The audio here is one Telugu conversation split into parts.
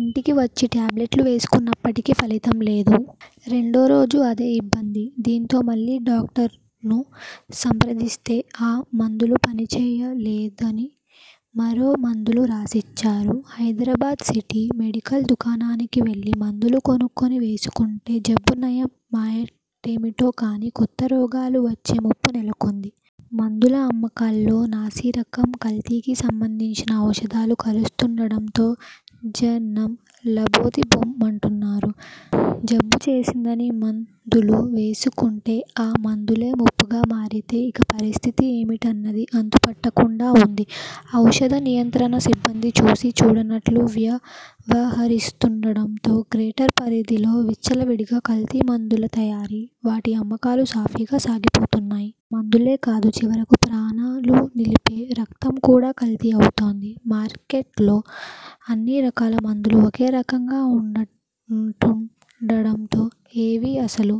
ఇంటికి వచ్చి ట్యాబ్లెట్లు వేసుకున్నప్పటికీ ఫలితం లేదు. రెండో రోజు అదే ఇబ్బంది. దీంతో మళ్లీ డాక్ట ర్ను సంప్రదిస్తే ఆ మందులు పనిచేయ లేద ని మరో మందులు రాసిచ్చారు''. హైదరాబాద్ సిటీ, మెడికల్ దుకాణానికి వెళ్లి మందులు కొనుకుని వేసుకుంటే జబ్బు నయం మాటేమిటో కానీ కొత్త రోగాలు వచ్చే ముప్పు నెలకొంది. మందుల అమ్మకాల్లో నాసిరకం, కల్తీకి సంబంధించిన ఔషధాలు కలుస్తుండడంతో జ నం లబోదిబోమంటున్నారు. జబ్బు చేసిందని మం దులు వేసుకుంటే ఆ మందులే ముప్పుగా మారితే ఇక పరిస్థితి ఏమిటన్నది అంతుపట్టకుండా ఉంది. ఔషధ నియంత్రణ సిబ్బంది చూసీ చూడనట్లు వ్య వహరిస్తుండడంతో గ్రేటర్ పరిధిలో విచ్చలవిడిగా కల్తీ మందుల తయారీ, వాటి అమ్మకాలు సాఫీగా సాగిపోతున్నాయి. మందులే కాదు, చివరకు ప్రాణా లు నిలిపే రక్తం కూడా కల్తీ అవుతోంది. మార్కె ట్లో అన్ని రకాల మందులు ఒకే రకంగా ఉంటుం డడంతో ఏవీ అసలు,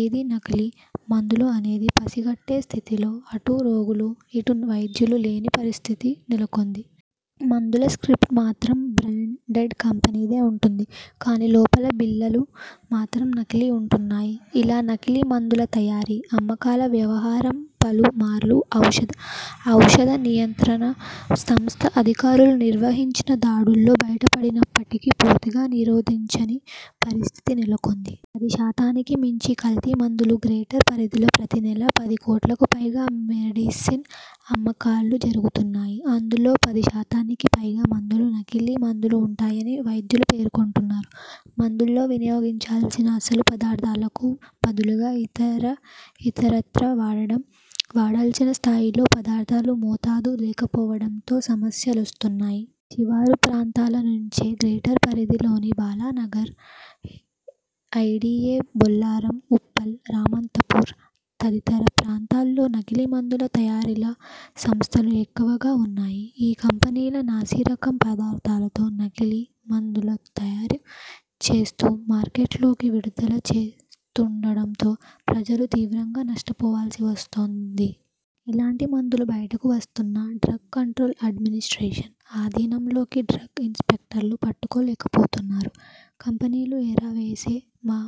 ఏదీ నకిలీ మందులు అనేది పసిగట్టే స్థితిలో అటు రోగులు, ఇటు వైద్యులు లేని పరిస్థితి నెలకొంది. మందుల స్ర్కిప్ట్ మాత్రం బ్రాం డెండ్ కంపెనీదే ఉంటోంది. కానీ లోపల బిళ్లలు మాత్రం నకిలీ ఉంటున్నాయి. ఇలా నకిలీ మందుల తయారీ, అమ్మకాల వ్యవహారం పలు మార్లు ఔషఽ ద నియంత్రణ సంస్థ అధికారులు నిర్వహించిన దాడుల్లో బయటపడినప్పటికి పూర్తిగా నిరోధించని పరిస్థితి నెలకొంది. పదిశాతానికి మించి కల్తీ మందులుగ్రేటర్ పరిధిలో ప్రతి నెల పది కోట్లకుపైగా మె డిసిన్ అమ్మకాలు జరుగుతున్నాయి. అందులో పది శాతానికి పైగా మందులు నకిలీ మందులు ఉంటాయని వైద్యులు పేర్కొంటున్నారు. మందుల్లో వినియోగించాల్సిన అసలు పదార్థాలకు బదులుగా ఇత ర ఇతరత్రా వాడడం, వాడాల్సిన స్థాయిలో పదార్థాల మోతాదు లేకపోవడంతో సమస్యలొస్తున్నాయి. శివారు ప్రాంతాల నుంచే గ్రేటర్ పరిధిలోని బాలానగర్, ఐడీఏ బొల్లారం, ఉప్పల్, రామాంతపూర్ తదితర ప్రాంతాల్లో నకిలీ మందుల తయారీల సంస్థలు ఎక్కువగా ఉన్నాయి. ఈ కంపెనీలు నాసిరకం పదార్థాలతో నకిలీ మం దులు తయారు చేస్తూ మార్కెట్లోకి విడుదల చే స్తుండడంతో ప్రజలు తీవ్రంగా నష్టపోవాల్సి వస్తోం ది. ఇలాంటి మందులు బయటకు వస్తున్నా డ్రగ్ కంట్రోల్ అడ్మినిస్ట్రేషన్ ఆధీనంలోని డ్రగ్ ఇన్స్పెక్టర్లు పట్టుకోలేకపోతున్నారు. కంపెనీలు ఎర వేసే మా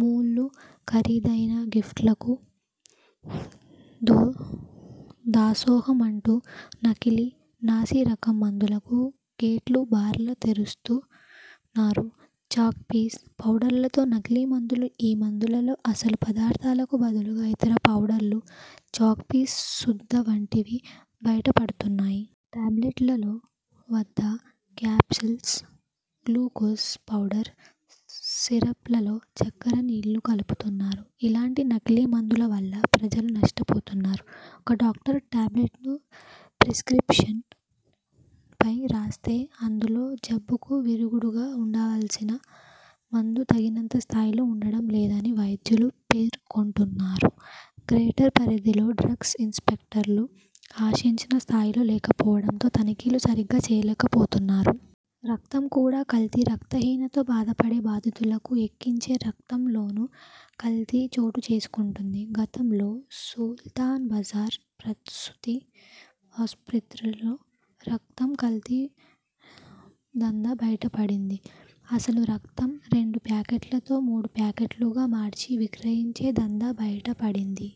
మూళ్లు, ఖరీదైన గిఫ్ట్లకు దాసోహమంటూ నకిలీ, నాసిరకం మందులకు గేట్లు బార్లా తెరుస్తున్నారు. చాక్పీస్, పౌడర్లతో నకిలీ మందులుఈ మందులలో అసలు పదార్థాలకు బదులుగా ఇతర ఫౌడర్లు, చాక్పీస్ సుద్ద వంటివి బయటపడుతున్నాయి. టాబ్లెట్లలో సుద్ద, క్యాప్సూల్స్లో గ్లూకోజ్ పౌడర్, సిర్పలలో చక్కెర నీళ్లు కలుపుతున్నారు. ఇలాంటి నకిలీ మందుల వల్ల ప్రజలు నష్టపోతున్నారు. ఒక డాక్టర్ టాబ్లెట్ను ప్రిస్ర్కిప్షన్పై రాస్తే అందులో జబ్బుకు విరుగుడుగా ఉండాల్సిన మందు తగినంత స్థాయిలో ఉండడం లేదని వైద్యులు పే ర్కొంటున్నారు. గ్రేటర్ పరిధిలో డ్రగ్గ్ ఇన్స్పెక్టర్లు ఆశించిన స్థాయులో లేకపోవడంతో తనిఖీలు సరిగ్గా చేయలేకపోతున్నారు. రక్తం కూడా కల్తీ రక్తహీనతో బాధపడే బాధితులకు ఎక్కించే ర క్తంలోనూ కల్తీ చోటు చేసుకుంటుంది. గతంలో సు ల్తాన్బజార్ ప్రసూతి ఆస్పత్రిలో రక్తం కల్తీ దందా బయట పడింది. అసలు రక్తం రెండు ప్యాకెట్లతో మూడు ప్యాకెట్లుగా మార్చి విక్రయించే దందా బ యట పడింది.